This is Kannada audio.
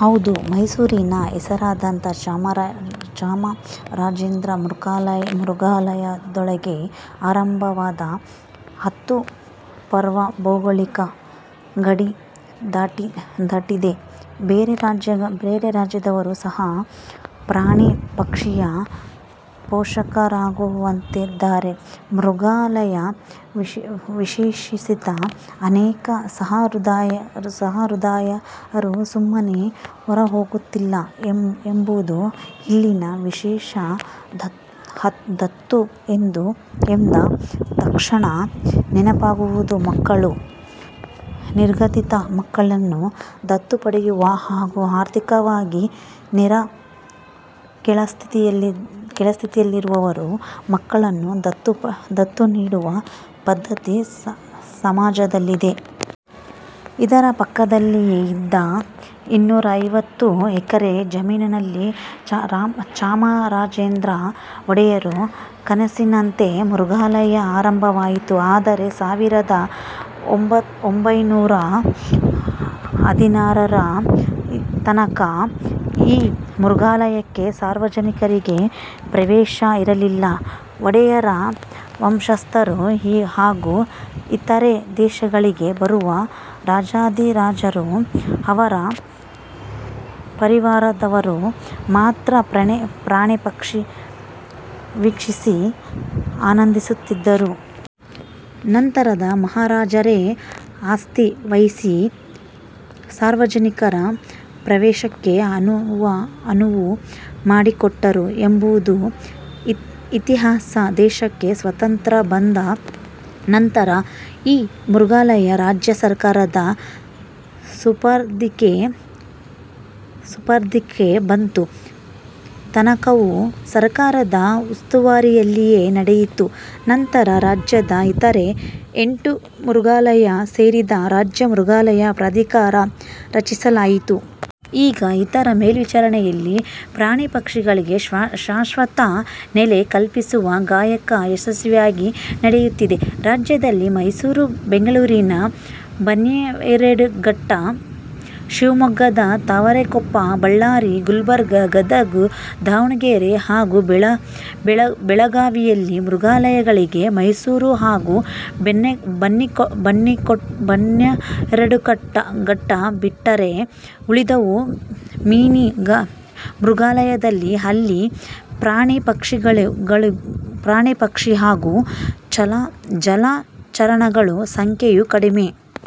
ಹೌದು. ಮೈಸೂರಿನ ಹೆಸರಾಂತ ಚಾಮರಾಜೇಂದ್ರ ಮೃಗಾಲಯದೊಳಗೆ ಆರಂಭವಾದ ದತ್ತು ಪರ್ವ ಭೌಗೋಳಿಕ ಗಡಿ ದಾಟಿದೆ. ಬೇರೆ ರಾಜ್ಯದವರು ಸಹ ಪ್ರಾಣಿ, ಪಕ್ಷಿಯ ಪೋಷಕರಾಗುತ್ತಿದ್ದಾರೆ. ಮೃಗಾಲಯ ವೀಕ್ಷಿಸಿದ ಅನೇಕ ಸಹೃದಯರು ಸುಮ್ಮನೆ ಹೊರಹೋಗುತ್ತಿಲ್ಲ ಎಂಬುದು ಇಲ್ಲಿನ ವಿಶೇಷ. ದತ್ತು ಎಂದ ತಕ್ಷಣ ನೆನಪಾಗುವುದು ಮಕ್ಕಳು. ನಿರ್ಗತಿಕ ಮಕ್ಕಳನ್ನು ದತ್ತು ಪಡೆಯುವ ಹಾಗೂ ಆರ್ಥಿಕವಾಗಿ ತೀರಾ ಕೆಳಸ್ಥರದಲ್ಲಿರುವವರು ಮಕ್ಕಳನ್ನು ದತ್ತು ನೀಡುವ ಪದ್ಧತಿ ಸಮಾಜದಲ್ಲಿದೆ. ಇದರ ಪಕ್ಕದಲ್ಲಿಯೇ ಇದ್ದ ಇನ್ನೂರೈವತ್ತು ಎಕರೆ ಜಮೀನಿನಲ್ಲಿ ಚಾಮರಾಜೇಂದ್ರ ಒಡೆಯರ ಕನಸಿನಂತೆ ಮೃಗಾಲಯ ಆರಂಭವಾಯಿತು. ಆದರೆ ಸಾವಿರದ ಒಂಭೈನೂರ ಹದಿನಾರರ ತನಕ ಈ ಮೃಗಾಲಯಕ್ಕೆ ಸಾರ್ವಜನಿಕರಿಗೆ ಪ್ರವೇಶ ಇರಲಿಲ್ಲ. ಒಡೆಯರ ವಂಶಸ್ಥರು ಹಾಗೂ ಇತರೆ ದೇಶಗಳಿಂದ ಬರುವ ರಾಜಾಧಿರಾಜರು, ಅವರ ಪರಿವಾರದವರು ಮಾತ್ರ ಪ್ರಾಣಿ ಪಕ್ಷಿ ವೀಕ್ಷಿಸಿ ಆನಂದಿಸುತ್ತಿದ್ದರು. ನಂತರ ಮಹಾರಾಜರೇ ಆಸ್ಥೆ ವಹಿಸಿ ಸಾರ್ವಜನಿಕರ ಪ್ರವೇಶಕ್ಕೆ ಅನುವು ಮಾಡಿಕೊಟ್ಟರು ಎಂಬುದು ಇತಿಹಾಸ. ದೇಶಕ್ಕೆ ಸ್ವಾತಂತ್ರ್ಯ ಬಂದ ನಂತರ ಈ ಮೃಗಾಲಯ ರಾಜ್ಯ ಸರ್ಕಾರದ ಸುಪರ್ದಿಗೆ ಬಂತು. ತನಕವೂ ಸರ್ಕಾರದ ಉಸ್ತುವಾರಿಯಲ್ಲಿಯೇ ನಡೆಯಿತು. ನಂತರ ರಾಜ್ಯದ ಇತರೇ ಎಂಟು ಮೃಗಾಲಯ ಸೇರಿಸಿ ರಾಜ್ಯ ಮೃಗಾಲಯ ಪ್ರಾಧಿಕಾರ ರಚಿಸಲಾಯಿತು. ಈಗ ಇದರ ಮೇಲ್ವಿಚಾರಣೆಯಲ್ಲಿ ಪ್ರಾಣಿ ಪಕ್ಷಿಗಳಿಗೆ ಶಾಶ್ವತ ನೆಲೆ ಕಲ್ಪಿಸುವ ಗಾಯಕ ಯಶಸ್ವಿಯಾಗಿ ನಡೆಯುತ್ತಿದೆ. ರಾಜ್ಯದಲ್ಲಿ ಮೈಸೂರು, ಬೆಂಗಳೂರಿನ ಬನ್ನೇರುಘಟ್ಟ, ಶಿವಮೊಗ್ಗದ ತಾವರೆಕೊಪ್ಪ, ಬಳ್ಳಾರಿ, ಗುಲ್ಬರ್ಗ, ಗದಗ, ದಾವಣಗೆರೆ ಹಾಗೂ ಬೆಳಗಾವಿಯಲ್ಲಿ ಮೃಗಾಲಯಗಳಿವೆ. ಮೈಸೂರು ಹಾಗೂ ಬನ್ನೇರುಘಟ್ಟ ಬಿಟ್ಟರೆ ಉಳಿದವು ಮಿನಿ ಮೃಗಾಲಯದಲ್ಲಿ. ಅಲ್ಲಿ ಪ್ರಾಣಿ-ಪಕ್ಷಿ ಹಾಗೂ ಜಲಚರಣಗಳು ಸಂಖ್ಯೆಯೂ ಕಡಿಮೆ.